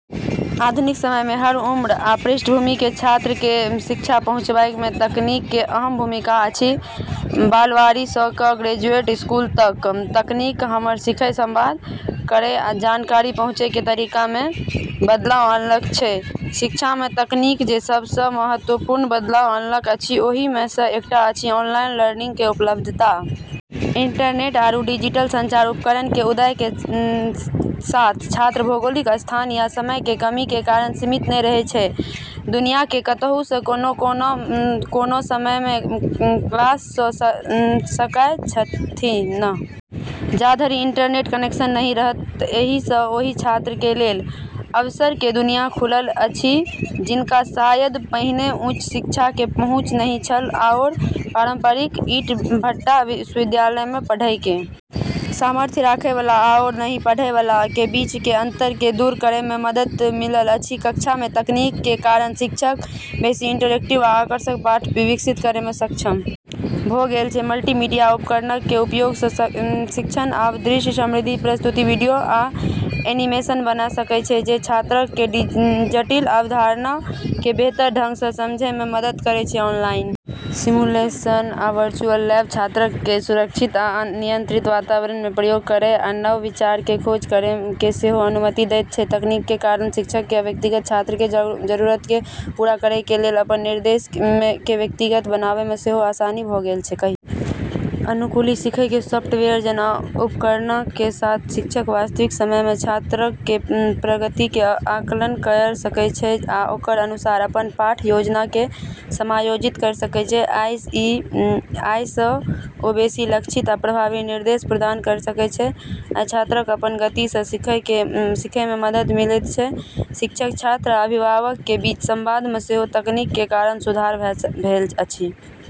आधुनिक समय मे हर उम्र आ पृष्ठभूमि के छात्र के शिक्षा पहुंचाबय मे तकनीक के अहम भूमिका अछि, बालवाड़ी सं ल क ग्रेजुएट स्कूल तइक, तकनीक हमरा सीखय, संवाद करय आ जानकारी पहुंचय कें तरीका मे बदलाव आनलक छै, शिक्षा मे तकनीक जे सबस महत्वपूर्ण बदलाव अनलक अछि ओहि मे स एकटा अछि ऑनलाइन लर्निंग क उपलब्धता। इंटरनेट आरू डिजिटल संचार उपकरण के उदय के साथ छात्र भौगोलिक स्थान या समय के कमी के कारण सीमित नै रहे छै। दुनिया के कतहु सं कोनो समय सं क्लास ल सकय छथिन्ह जा धरि इंटरनेट कनेक्शन नहिं रहत एहि सं ओहि छात्र के लेल अवसर के दुनिया खुलल अछि जिनका शायद पहिने उच्च शिक्षा के पहुंच नहिं छल आओर पारंपरिक ईंट-भट्ठा विश्वविद्यालय में पढ़य के सामर्थ्य राखय वाला आओर नहिं पढ़य वाला के बीच के अंतर के दूर करय में मदद मिलल अछि, कक्षा मे तकनीक कें कारण शिक्षक बेसि इंटरैक्टिव आ आकर्षक पाठ विकसित करय मे सक्षम भ गेल छै, मल्टीमीडिया उपकरणक कें उपयोग सं शिक्षक आब दृश्य-समृद्ध प्रस्तुति, वीडियो आ एनीमेशन बना सकय छै जे छात्रक कें जटिल अवधारणा कें बेहतर ढंग सं समझय मे मदद करय छै, ऑनलाइन सिमुलेशन आ वर्चुअल लैब छात्रक कें सुरक्षित आ नियंत्रित वातावरण मे प्रयोग करय आ नव विचारक कें खोज करय कें सेहो अनुमति देयत छै, तकनीक कें कारण शिक्षकक कें व्यक्तिगत छात्रक कें जरूरतक कें पूरा करय कें लेल अपन निर्देश कें व्यक्तिगत बनावा मे सेहो आसानी भ गेल छै. अनुकूली सीखय कें सॉफ्टवेयर जैना उपकरणक कें साथ शिक्षक वास्तविक समय मे छात्रक कें प्रगति कें आकलन कयर सकय छै आ ओकर अनुसार अपन पाठ योजना कें समायोजित कयर सकय छै. अइ सं ओ बेसि लक्षित आ प्रभावी निर्देश प्रदान कयर सकय छै आ छात्रक कें अपन गति सं सीखय मे मदद मिलयत छै, शिक्षक, छात्र आ अभिभावक के बीच संवाद में सेहो तकनीक के कारण सुधार भेल अछि।